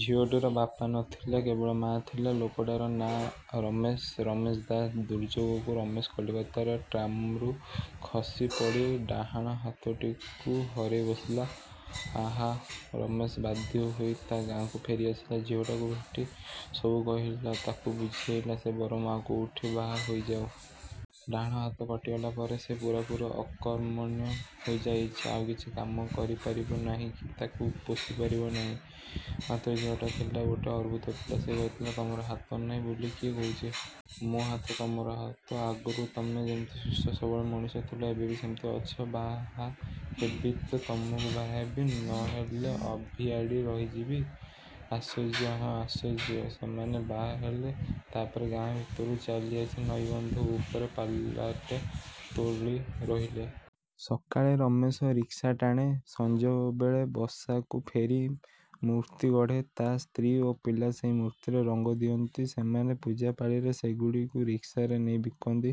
ଝିଅଟିର ବାପା ନଥିଲା। କେବଳ ମା' ଥିଲା। ଲୋକଟାର ନାଁ ରମେଶ, ରମେଶ ଦାସ। ଦୁର୍ଯୋଗକୁ ରମେଶ କଲିକତାରେ ଟ୍ରାମ୍‌ରୁ ଖସି ପଡ଼ି ଡାହାଣ ହାତଟିକୁ ହରେଇ ବସିଲା। ଆହା! ରମେଶ ବାଧ୍ୟ ହୋଇ ତା' ଗାଁକୁ ଫେରି ଆସିଲା। ଝିଅଟାକୁ ଭେଟି ସବୁ କହିଲା, ତାକୁ ବୁଝେଇଲା, ସେ ବରଂ ଆଉ କୋଉଠି ବାହା ହୋଇଯାଉ। ଡାହାଣ ହାତ କଟିଗଲା ପରେ ସେ ପୂରାପୂରି ଅକର୍ମଣ୍ୟ ହୋଇଯାଇଛି, ଆଉ କିଛି କାମ କରି ପାରିବ ନାହିଁ କି ତାକୁ ପୋଷି ପାରିବ ନାହିଁ। ମାତ୍ର ଝିଅଟା ଥିଲା ଗୋଟେ ଅଦ୍ଭୁତ ପିଲା। ସେ କହିଥିଲା, "ତମର ହାତ ନାହିଁ ବୋଲି କିଏ କହୁଛି? ମୋ ହାତ ତମର ହାତ। ଆଗରୁ ତମେ ଯେମିତି ସୁସ୍ଥ-ସବଳ ମଣିଷ ଥିଲ, ଏବେ ବି ସେମିତି ଅଛ। ବାହା ହେବି ତ ତମକୁ ବାହା ହେବି, ନ ହେଲେ ଅଭିଆଡ଼ୀ ରହିଯିବି।" ଆଶ୍ଚର୍ଯ୍ୟ! ହଁ, ଆଶ୍ଚର୍ଯ୍ୟ! ସେମାନେ ବାହା ହେଲେ। ତା' ପରେ ଗାଁ ଭିତରୁ ଚାଲି ଆସି ନଈବନ୍ଧ ଉପରେ ପାଲାଟେ ତୋଳି ରହିଲେ। ସକାଳେ ରମେଶ ରିକ୍ସା ଟାଣେ, ସଞ୍ଜବେଳେ ବସାକୁ ଫେରି ମୂର୍ତ୍ତି ଗଢ଼େ। ତା' ସ୍ତ୍ରୀ ଓ ପିଲା ସେଇ ମୂର୍ତ୍ତିରେ ରଙ୍ଗ ଦିଅନ୍ତି। ସେମାନେ ପୂଜାପାଳିରେ ସେଗୁଡ଼ିକୁ ରିକ୍ସାରେ ନେଇ ବିକନ୍ତି।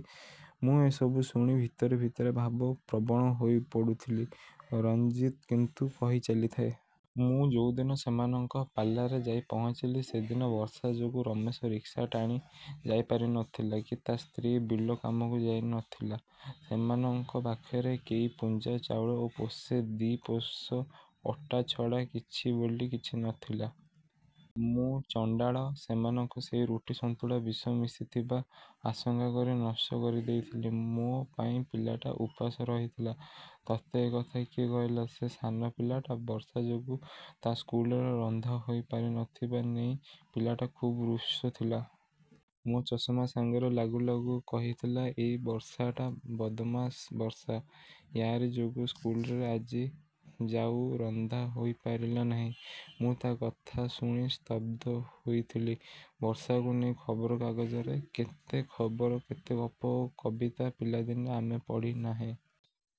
ମୁଁ ଏସବୁ ଶୁଣି ଭିତରେ ଭିତରେ ଭାବପ୍ରବଣ ହୋଇ ପଡ଼ୁଥିଲି। ରଣଜିତ୍ କିନ୍ତୁ କହି ଚାଲିଥାଏ। "ମୁଁ ଯୋଉଦିନ ସେମାନଙ୍କ ପାଲାରେ ଯାଇ ପହଞ୍ଚିଲି, ସେଦିନ ବର୍ଷା ଯୋଗୁ ରମେଶ ରିକ୍ସା ଟାଣି ଯାଇ ପାରି ନଥିଲା କି ତା' ସ୍ତ୍ରୀ ବିଲ କାମକୁ ଯାଇ ନଥିଲା। ସେମାନଙ୍କ ପାଖରେ କେଇ ପୁଞ୍ଜା ଚାଉଳ ଓ ପୋଷେ ଦି' ପୋଷ ଅଟା ଛଡ଼ା କିଛି ବୋଲି କିଛି ନ ଥିଲା। ମୁଁ ଚଣ୍ଡାଳ ସେମାନଙ୍କ ସେଇ ରୁଟି ସନ୍ତୁଳା ବିଷ ମିଶିଥିବା ଆଶଙ୍କା କରି ନଷ୍ଟ କରି ଦେଇଥିଲି। ମୋ ପାଇଁ ପିଲାଟା ଉପାସ ରହିଥିଲା।" ତୋତେ ଏକଥା କିଏ କହିଲା? ସେ ସାନ ପିଲାଟା। ବର୍ଷା ଯୋଗୁଁ ତା' ସ୍କୁଲରେ ରନ୍ଧା ହୋଇ ପାରି ନ ଥିବା ନେଇ ପିଲାଟା ଖୁବ୍ ରୁଷ୍ଟ ଥିଲା। ମୋ ଚଷମା ସାଙ୍ଗରେ ଲାଗୁ ଲାଗୁ କହିଥିଲା, 'ଏଇ ବର୍ଷାଟା ବଦମାସ୍ ବର୍ଷା। ୟାରି ଯୋଗୁ ସ୍କୁଲରେ ଆଜି ଜାଉ ରନ୍ଧା ହୋଇ ପାରିଲା ନାହିଁ' ମୁଁ ତା' କଥା ଶୁଣି ସ୍ତବ୍ଧ ହୋଇଥିଲି। ବର୍ଷାକୁ ନେଇ ଖବରକାଗଜରେ କେତେ ଖବର, କେତେ ଗପ ଓ କବିତା ପିଲାଦିନେ ଆମେ ପଢ଼ିନାହେଁ!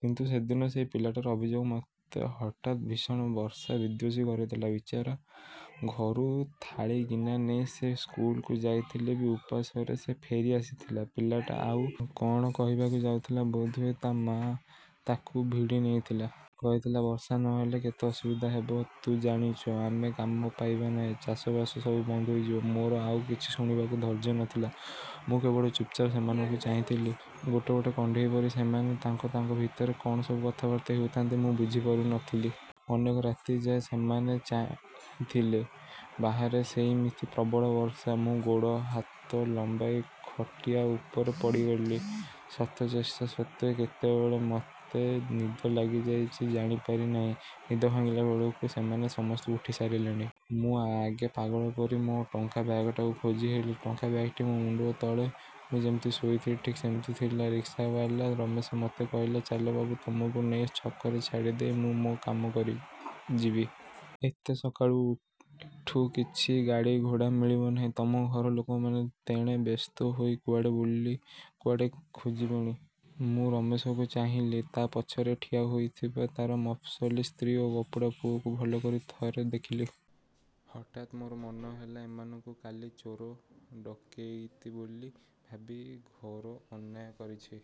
କିନ୍ତୁ ସେଦିନ ସେଇ ପିଲାଟାର ଅଭିଯୋଗ ମୋତେ ହଠାତ୍ ଭୀଷଣ ବର୍ଷା-ବିଦ୍ୱେଷୀ କରିଦେଲା। ବିଚାରା, ଘରୁ ଥାଳି ଗିନା ନେଇ ସେ ସ୍କୁଲକୁ ଯାଇଥିଲେ ବି ଉପାସରେ ସେ ଫେରି ଆସିଥିଲା। ପିଲାଟା ଆଉ କ'ଣ କହିବାକୁ ଯାଉଥିଲା ବୋଧହୁଏ ତା' ମାଆ ତାକୁ ଭିଡ଼ି ନେଇଥିଲା। କହିଥିଲା, "ବର୍ଷା ନହେଲେ କେତେ ଅସୁବିଧା ହେବ ତୁ ଜାଣିଛୁ? ଆମେ କାମ ପାଇବା ନାହିଁ। ଚାଷବାସ ସବୁ ବନ୍ଦ ହୋଇଯିବ " ମୋର ଆଉ କିଛି ଶୁଣିବାକୁ ଧୈର୍ଯ୍ୟ ନଥିଲା। ମୁଁ କେବଳ ଚୁପ୍‌ଚାପ୍ ସେମାନଙ୍କୁ ଚାହିଁଥିଲି। ଗୋଟେ ଗୋଟେ କଣ୍ଢେଇ ପରି ସେମାନେ ତାଙ୍କ ତାଙ୍କ ଭିତରେ କ'ଣ ସବୁ କଥାବାର୍ତ୍ତା ହେଉଥାନ୍ତି, ମୁଁ ବୁଝି ପାରୁ ନଥିଲି। ଅନେକ ରାତି ଯାଏ ସେମାନେ ଚେଇଁଥିଲେ। ବାହାରେ ସେଇମିତି ପ୍ରବଳ ବର୍ଷା। ମୁଁ ଗୋଡ଼ ହାତ ଲମ୍ବାଇ ଖଟିଆ ଉପରେ ପଡ଼ିଗଲି। ଶତ ଚେଷ୍ଟା ସତ୍ତ୍ୱେ କେତେବେଳେ ମୋତେ ନିଦ ଲାଗିଯାଇଛି ଜାଣି ପାରି ନାହିଁ। ନିଦ ଭାଙ୍ଗିଲା ବେଳକୁ ସେମାନେ ସମସ୍ତେ ଉଠି ସାରିଲେଣି। ମୁଁ ଆଗେ ପାଗଳ ପରି ମୋ ଟଙ୍କା ବ୍ୟାଗ୍‌ଟାକୁ ଖୋଜିହେଲି। ଟଙ୍କା ବ୍ୟାଗ୍‌ଟି ମୋ ମୁଣ୍ଡ ତଳେ ମୁଁ ଯେମିତି ଥୋଇଥିଲି ଠିକ୍ ସେମିତି ଥିଲା। ରିକ୍ସାବାଲା ରମେଶ ମୋତେ କହିଲା, "ଚାଲ ବାବୁ, ତମକୁ ନେଇ ଛକରେ ଛାଡ଼ି ଦେଇ ମୁଁ ମୋ କାମ କରିବି ଯିବି। ଏତେ ସକାଳୁ ଏଠୁ କିଛି ଗାଡ଼ି ଘୋଡ଼ା ମିଳିବ ନାହିଁ। ତମ ଘର ଲୋକମାନେ ତେଣେ ବ୍ୟସ୍ତ ହୋଇ କୁଆଡ଼େ ବୋଲି କୁଆଡ଼େ ଖୋଜିବେଣି!" ମୁଁ ରମେଶକୁ ଚାହିଁଲି। ତା' ପଛରେ ଠିଆ ହୋଇଥିବା ତା'ର ମଫସଲୀ ସ୍ତ୍ରୀ ଓ ଗପୁଡ଼ା ପୁଅକୁ ଭଲ କରି ଥରେ ଦେଖିଲି। ହଠାତ୍ ମୋର ମନ ହେଲା, ଏମାନଙ୍କୁ କାଲି ଚୋର ଡକେଇତି ବୋଲି ଭାବି ଘୋର ଅନ୍ୟାୟ କରିଛି।